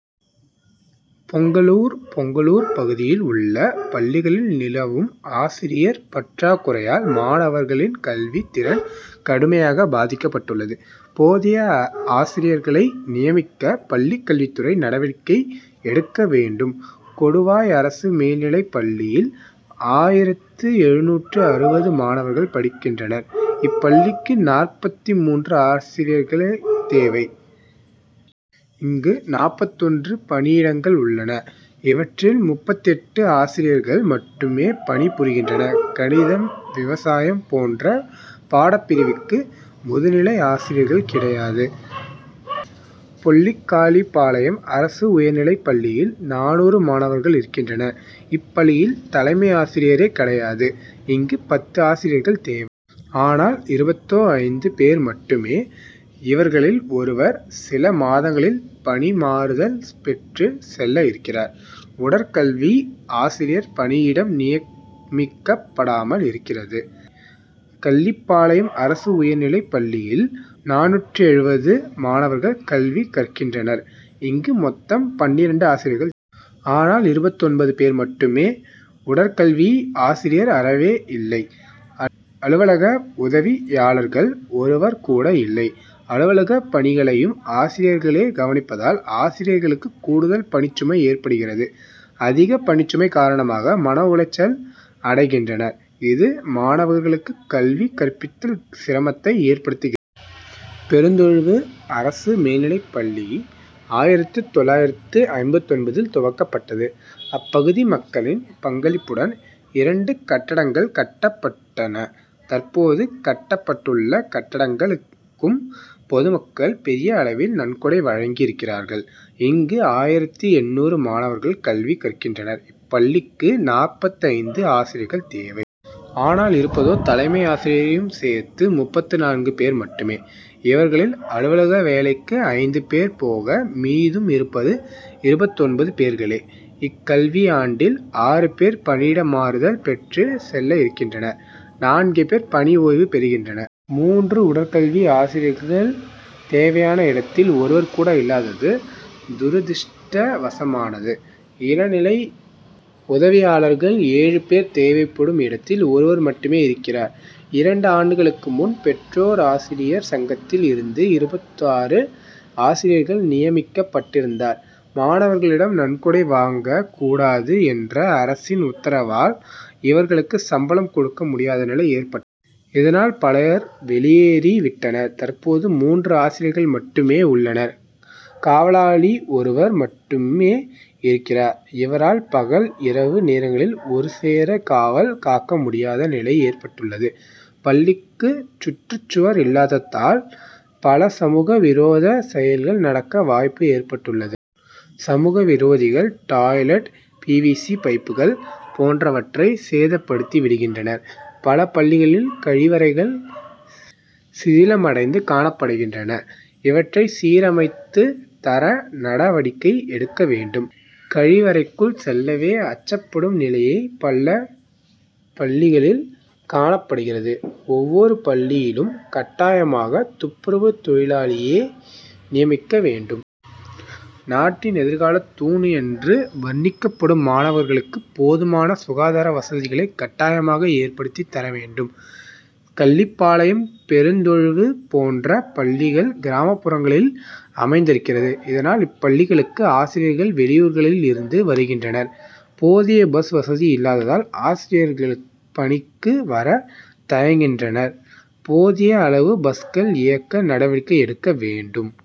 பொங்கலூர் பொங்கலூர் பகுதியில் உள்ள பள்ளிகளில் நிலவும் ஆசிரியர் பற்றாக்குறையால், மாணவர் களின் கல்வி திறன் கடுமையாக பாதிக்கப்பட்டுள்ளது. போதிய ஆசிரியர்களை நியமிக்க, பள்ளி கல்வித்துறை நடவடிக்கை எடுக்க வேண்டும். கொடுவாய் அரசு மேல்நிலைப் பள்ளியில் ஆயிரத்து எழுநூற்று அறுபது மாணவர்கள் படிக்கின்றனர். இப்பள்ளிக்கு நாற்பத்து மூன்று ஆசிரியர்கள் தேவை. இங்கு நாற்பத்து ஒன்று பணியிடங்கள் உள்ளன. இவற்றில் முப்பத்து எட்டு ஆசிரியர்கள் மட்டுமே பணி புரிகின்றனர். கணிதம், விவசாயம் போன்ற பாடப்பிரிவுக்கு முதுநிலை ஆசிரியர்கள் கிடையாது. பொல்லிக்காளிபாளையம் அரசு உயர்நிலைப்பள்ளியில் நானூறு மாணவர்கள் இருக்கின்றனர். இப் பள்ளியில் தலைமை ஆசிரியரே கிடையாது. இங்கு பத்து ஆசிரியர்கள் தேவை. ஆனால் இருப்பதோ ஐந்து பேர் மட்டுமே. இவர்களில் ஒருவர், சில மாதங்களில் பணி மாறுதல் பெற்று செல்ல இருக்கிறார். உடற்கல்வி ஆசிரியர் பணியிடம் நியமிக்கப்படாமல் இருக்கிறது. கள்ளிப்பாளையம் அரசு உயர் நிலைப்பள்ளியில் நானூற்று எழுபது மாணவர்கள் கல்வி கற்கின்றனர். இங்கு மொத்தம் பன்னிரண்டு ஆசிரியர்கள் தேவை. ஆனால் இருப்பதோ ஒன்பது பேர் மட்டுமே. உடற்கல்வி ஆசிரியர் அறவே இல்லை. அலுவலக உதவி யாளர்கள் ஒருவர் கூட இல்லை. அலுவலக பணிகளையும் ஆசிரியர் களே கவனிப்பதால், ஆசிரியர் களுக்கு கூடுதல் பணிச்சுமை ஏற்படுகிறது. அதிக பணிச்சுமை காரணமாக மன உளைச்சல் அடை கின்றனர். இது, மாணவர்களுக்கு கல்வி கற்பிப்பதில் சிரமத்தை ஏற்படுத்துகிறது. பெருந்தொழுவு அரசு மேல் நிலைப்பள்ளி ஆயிரத்து தொள்ளாயிரத்து ஐம்பத்தொன்பதில் துவக்கப் பட்டது. அப்பகுதி மக்களின் பங்களிப்புடன் இரண்டு கட்டடங் கள் கட்டப்பட்டன. தற்போது கட்டப்பட்டுள்ள கட்டடங்களுக் கும் பொதுமக்கள் பெரிய அளவில் நன்கொடை வழங்கியிருக்கிறார்கள். இங்கு ஆயிரத்து எண்ணூறு மாணவர்கள் கல்வி கற்கின்றனர். இப்பள்ளிக்கு நாற்பத்தைந்து ஆசிரியர்கள் தேவை. ஆனால் இருப்பதோ தலைமை ஆசிரியரை யும் சேர்த்து முப்பத்து நான்கு பேர் மட்டுமே. இவர்களில் அலுவலக வேலைக்கு ஐந்து பேர் போக, மீதம் இருப்பது இருபத்து ஒன்பது பேர்களே. இக்கல்வியாண்டில் ஆறு பேர் பணியிட மாறுதல் பெற்று செல்ல இருக்கின்றனர். நான்கு பேர் பணி ஓய்வு பெறுகின்றனர். மூன்று உடற்கல்வி ஆசிரியர்கள் தேவையான இடத்தில் ஒருவர் கூட இல்லாதது துரதிஷ்டவசமானது. இளநிலை உதவியாளர்கள் ஏழு பேர் தேவைப்படும் இடத்தில் ஒருவர் மட்டுமே இருக்கிறார். இரண்டு ஆண்டுகளுக்கு முன் பெற்றோர் ஆசிரியர் சங்கத்தில் இருந்து இருபத்தாறு ஆசிரியர்கள் நிய மிக்கப்பட்டிருந்தனர். மாணவர்களிடம் நன்கொடை வாங்கக் கூடாது என்ற அரசின் உத்தரவால், இவர்களுக்கு சம்பளம் கொடுக்க முடியாத நிலை ஏற்பட்டது. இத னால் பலர் வெளியேறி விட்டனர். தற்போது மூன்று ஆசிரியர்கள் மட்டுமே உள்ளனர். காவலாளி ஒருவர் மட்டுமே இருக்கிறார். இவரால் பகல், இரவு நேரங்களில் ஒரு சேர காவல் காக்க முடியாத நிலை ஏற்பட்டுள்ளது. பள்ளிக்கு சுற்றுச்சுவர் இல்லாத தால், பல சமூக விரோத செயல்கள் நடக்க வாய்ப்பு ஏற்பட்டுள்ளது. சமூக விரோதிகள், டாய்லெட்', பி. வி. சி., பைப்புகள் போன்ற வற்றை சேதப்படுத்தி விடுகின்றனர். பல பள்ளிகளில் கழிவறைகள் சிதிலமடைந்து காணப்படுகின்றன. இவற்றை சீரமைத்து தர நட வடிக்கை எடுக்க வேண்டும். கழி வறைக்குள் செல்லவே அச்சப் படும் நிலையே பல பள்ளிகளில் காணப்படுகிறது. ஒவ்வொரு பள்ளி யிலும் கட்டாயமாக துப்புரவு தொழிலாளியை நியமிக்க வேண்டும். நாட்டின் எதிர்காலத் தூண் என்று வர்ணிக்கப்படும் மாணவர்களுக்கு போதுமான சுகாதார வசதிகளை கட்டாயமாக ஏற்படுத்தி தர வேண்டும். கள்ளிப்பாளையம், பெருந் தொழுவு போன்ற பள்ளிகள் கிராமப்புறங்களில் அமைந்தி ருக்கிறது. இதனால், இப்பள்ளி களுக்கு ஆசிரியர்கள் வெளியூர் களில் இருந்து வருகின்றனர். போதிய பஸ் வசதி இல்லாததால், ஆசிரியர்கள் பணிக்கு வர தயங்குகின்றனர். போதிய அளவு பஸ்கள் இயக்க நடவடிக்கை எடுக்க வேண்டும்.